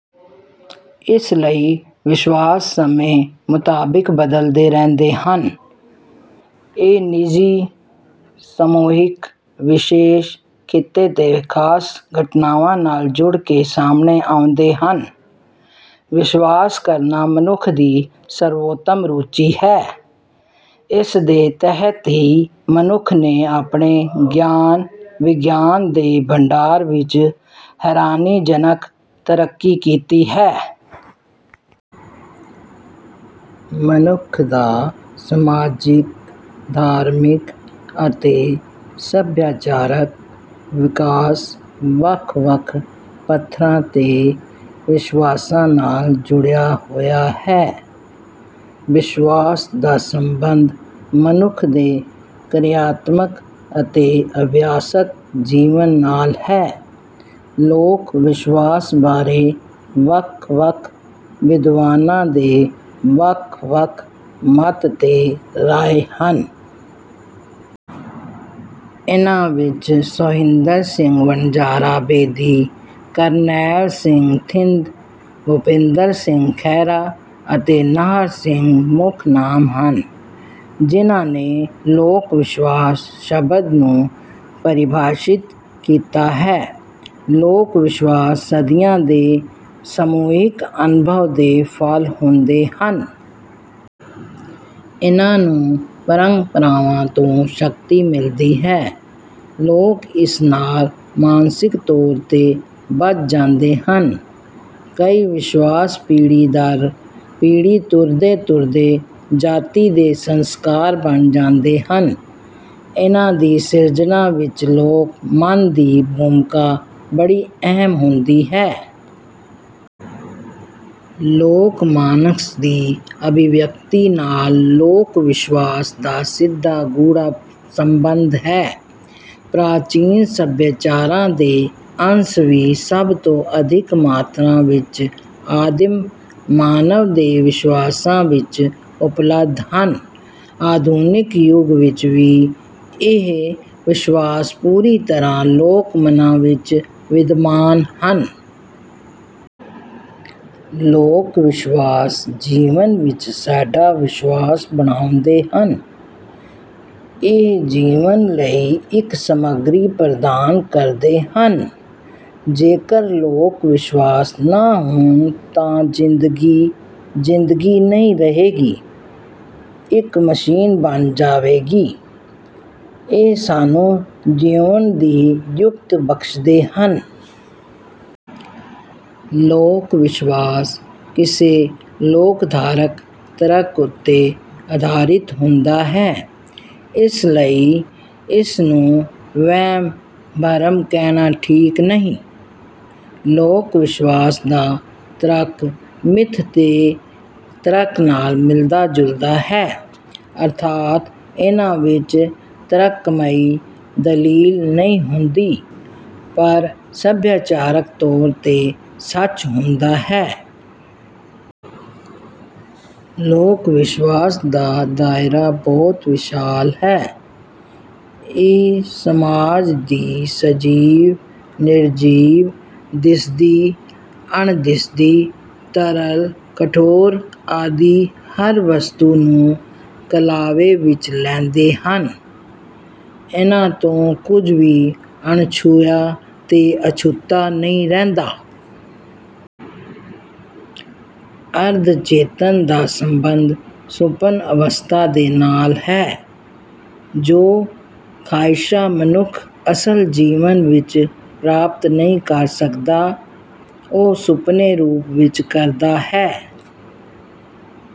ਇਸ ਲਈ ਵਿਸ਼ਵਾਸ ਸਮੇਂ ਮੁਤਾਬਿਕ ਬਦਲਦੇ ਰਹਿੰਦੇ ਹਨ। ਇਹ ਨਿੱਜੀ, ਸਮੂਹਿਕ, ਵਿਸ਼ੇਸ਼ ਖਿੱਤੇ ਤੇ ਖਾਸ ਘਟਨਾਵਾਂ ਨਾਲ ਜੁੜ ਕੇ ਸਾਹਮਣੇ ਆਉਂਦੇ ਹਨ। ਵਿਸ਼ਵਾਸ ਕਰਨਾ ਮਨੁੱਖ ਦੀ ਸਰਵੋਤਮ ਰੁਚੀ ਹੈ। ਇਸਦੇ ਤਹਿਤ ਹੀ ਮਨੁੱਖ ਨੇ ਆਪਣੇ ਗਿਆਨ-ਵਿਗਿਆਨ ਦੇ ਭੰਡਾਰ ਵਿੱਚ ਹੈਰਾਨੀਜਨਕ ਤਰੱਕੀ ਕੀਤੀ ਹੈ। ਮਨੁੱਖ ਦਾ ਸਮਾਜਿਕ, ਧਾਰਮਿਕ ਅਤੇ ਸੱਭਿਆਚਾਰਕ ਵਿਕਾਸ ਵੱਖ-ਵੱਖ ਪੱਧਰਾਂ ਤੇ ਵਿਸ਼ਵਾਸਾਂ ਨਾਲ ਜੁੜਿਆ ਹੋਇਆ ਹੈ। ਵਿਸ਼ਵਾਸ ਦਾ ਸਬੰਧ ਮਨੁੱਖ ਦੇ ਕਿਰਿਆਤਮਕ ਅਤੇ ਅਭਿਆਸਕ ਜੀਵਨ ਨਾਲ ਹੈ। ਲੋਕ ਵਿਸ਼ਵਾਸ ਬਾਰੇ ਵੱਖ-ਵੱਖ ਵਿਦਵਾਨਾਂ ਦੇ ਵੱਖ-ਵੱਖ ਮੱਤ ਤੇ ਰਾਏ ਹਨ। ਇਨ੍ਹਾਂ ਵਿੱਚ ਸੋਹਿੰਦਰ ਸਿੰਘ ਵਣਜਾਰਾ ਬੇਦੀ, ਕਰਨੈਲ ਸਿੰਘ ਥਿੰਦ, ਭੁਪਿੰਦਰ ਸਿੰਘ ਖਹਿਰਾ ਅਤੇ ਨਾਹਰ ਸਿੰਘ ਮੁੱਖ ਨਾਂਮ ਹਨ ਜਿਨ੍ਹਾਂ ਨੇ ਲੋਕ ਵਿਸ਼ਵਾਸ ਸ਼ਬਦ ਨੂੰ ਪਰਿਭਾਸ਼ਿਤ ਕੀਤਾ ਹੈ। ਲੋਕ ਵਿਸ਼ਵਾਸ ਸਦੀਆਂ ਦੇ ਸਮੂਹਿਕ ਅਨੁਭਵ ਦੇ ਫ਼ਲ ਹੁੰਦੇ ਹਨ। ਇਨ੍ਹਾਂ ਨੂੰ ਪਰੰਪਰਾਵਾਂ ਤੋਂ ਸ਼ਕਤੀ ਮਿਲਦੀ ਹੈ। ਲੋਕ ਇਸ ਨਾਲ ਮਾਨਸਿਕ ਤੌਰ ਤੇ ਬੱਝ ਜਾਂਦੇ ਹਨ। ਕਈ ਵਿਸ਼ਵਾਸ ਪੀੜ੍ਹੀ ਦਰ ਪੀੜ੍ਹੀ ਤੁਰਦੇ ਤੁਰਦੇ ਜਾਤੀ ਦੇ ਸੰਸਕਾਰ ਬਣ ਜਾਂਦੇ ਹਨ। ਇਨ੍ਹਾਂ ਦੀ ਸਿਰਜਣਾ ਵਿੱਚ ਲੋਕ ਮਨ ਦੀ ਭੂਮਿਕਾ ਬੜੀ ਅਹਿਮ ਹੁੰਦੀ ਹੈ। ਲੋਕ ਮਾਨਸ ਦੀ ਅਭਿਵਿਅਕਤੀ ਨਾਲ ਲੋਕ ਵਿਸ਼ਵਾਸ ਦਾ ਸਿੱਧਾ ਗੂੜ੍ਹਾ ਸਬੰਧ ਹੈ। ਪ੍ਰਾਚੀਨ ਸੱਭਿਆਚਾਰਾਂ ਦੇ ਅੰਸ਼ ਵੀ ਸਭ ਤੋਂ ਅਧਿਕ ਮਾਤਰਾ ਵਿੱਚ ਆਦਿਮ ਮਾਨਵ ਦੇ ਵਿਸ਼ਵਾਸਾਂ ਵਿੱਚ ਉਪਲੱਬਧ ਹਨ। ਆਧੁਨਿਕ ਯੁੱਗ ਵਿੱਚ ਵੀ ਇਹ ਵਿਸ਼ਵਾਸ ਪੂਰੀ ਤਰ੍ਹਾਂ ਲੋਕ ਮਨਾਂ ਵਿੱਚ ਵਿਦਮਾਨ ਹਨ। ਲੋਕ ਵਿਸ਼ਵਾਸ ਜੀਵਨ ਵਿੱਚ ਸਾਡਾ ਵਿਸ਼ਵਾਸ ਬਣਾਉਂਦੇ ਹਨ। ਇਹ ਜੀਵਨ ਲਈ ਇੱਕ ਸਮੱਗਰੀ ਪ੍ਰਦਾਨ ਕਰਦੇ ਹਨ। ਜੇਕਰ ਲੋਕ ਵਿਸ਼ਵਾਸ ਨਾ ਹੋਣ ਤਾਂ ਜ਼ਿੰਦਗੀ ਜ਼ਿੰਦਗੀ ਨਹੀਂ ਰਹੇਗੀ, ਇੱਕ ਮਸ਼ੀਨ ਬਣ ਜਾਵੇਗੀ। ਇਹ ਸਾਨੂੰ ਜਿਉਣ ਦੀ ਯੁਕਤ ਬਖ਼ਸ਼ਦੇ ਹਨ। ਲੋਕ ਵਿਸ਼ਵਾਸ ਕਿਸੇ ਲੋਕਧਾਰਕ ਤਰਕ ਉੱਤੇ ਅਧਾਰਿਤ ਹੁੰਦਾ ਹੈ ਇਸ ਲਈ ਇਸ ਨੂੰ ਵਹਿਮ-ਭਰਮ ਕਹਿਣਾ ਠੀਕ ਨਹੀਂ। ਲੋਕ ਵਿਸ਼ਵਾਸ ਦਾ ਤਰਕ ਮਿੱਥ ਦੇ ਤਰਕ ਨਾਲ ਮਿਲਦਾ ਜੁਲਦਾ ਹੈ। ਅਰਥਾਤ ਇਨ੍ਹਾਂ ਵਿੱਚ ਤਰਕਮਈ ਦਲੀਲ ਨਹੀਂ ਹੁੰਦੀ ਪਰ ਸੱਭਿਆਚਾਰਕ ਤੌਰ ਤੇ ਸੱਚ ਹੁੰਦਾ ਹੈ। ਲੋਕ ਵਿਸ਼ਵਾਸ ਦਾ ਦਾਇਰਾ ਬਹੁਤ ਵਿਸ਼ਾਲ ਹੈ। ਇਹ ਸਮਾਜ ਦੀ ਸੰਜੀਵ, ਨਿਰਜੀਵ, ਦਿਸਦੀ, ਅਣਦਿਸਦੀ, ਤਰਲ, ਕਠੋਰ ਆਦਿ ਹਰ ਵਸਤੂ ਨੂੰ ਕਲਾਵੇ ਵਿੱਚ ਲੈਂਦੇ ਹਨ। ਇਨ੍ਹਾਂ ਤੋਂ ਕੁੱਝ ਵੀ ਅਣਛੂਹਿਆ ਤੇ ਅਛੂਤਾ ਨਹੀਂ ਰਹਿੰਦਾ। ਅਰਧ ਚੇਤਨ ਦਾ ਸਬੰਧ ਸੁਪਨ ਅਵਸਥਾ ਦੇ ਨਾਲ ਹੈ। ਜੋ ਖਾਹਿਸ਼ਾਂ ਮਨੁੱਖ ਅਸਲ ਜੀਵਨ ਵਿੱਚ ਪ੍ਰਾਪਤ ਨਹੀਂ ਕਰ ਸਕਦਾ ਉਹ ਸੁਪਨੇ ਰੂਪ ਵਿੱਚ ਕਰਦਾ ਹੈ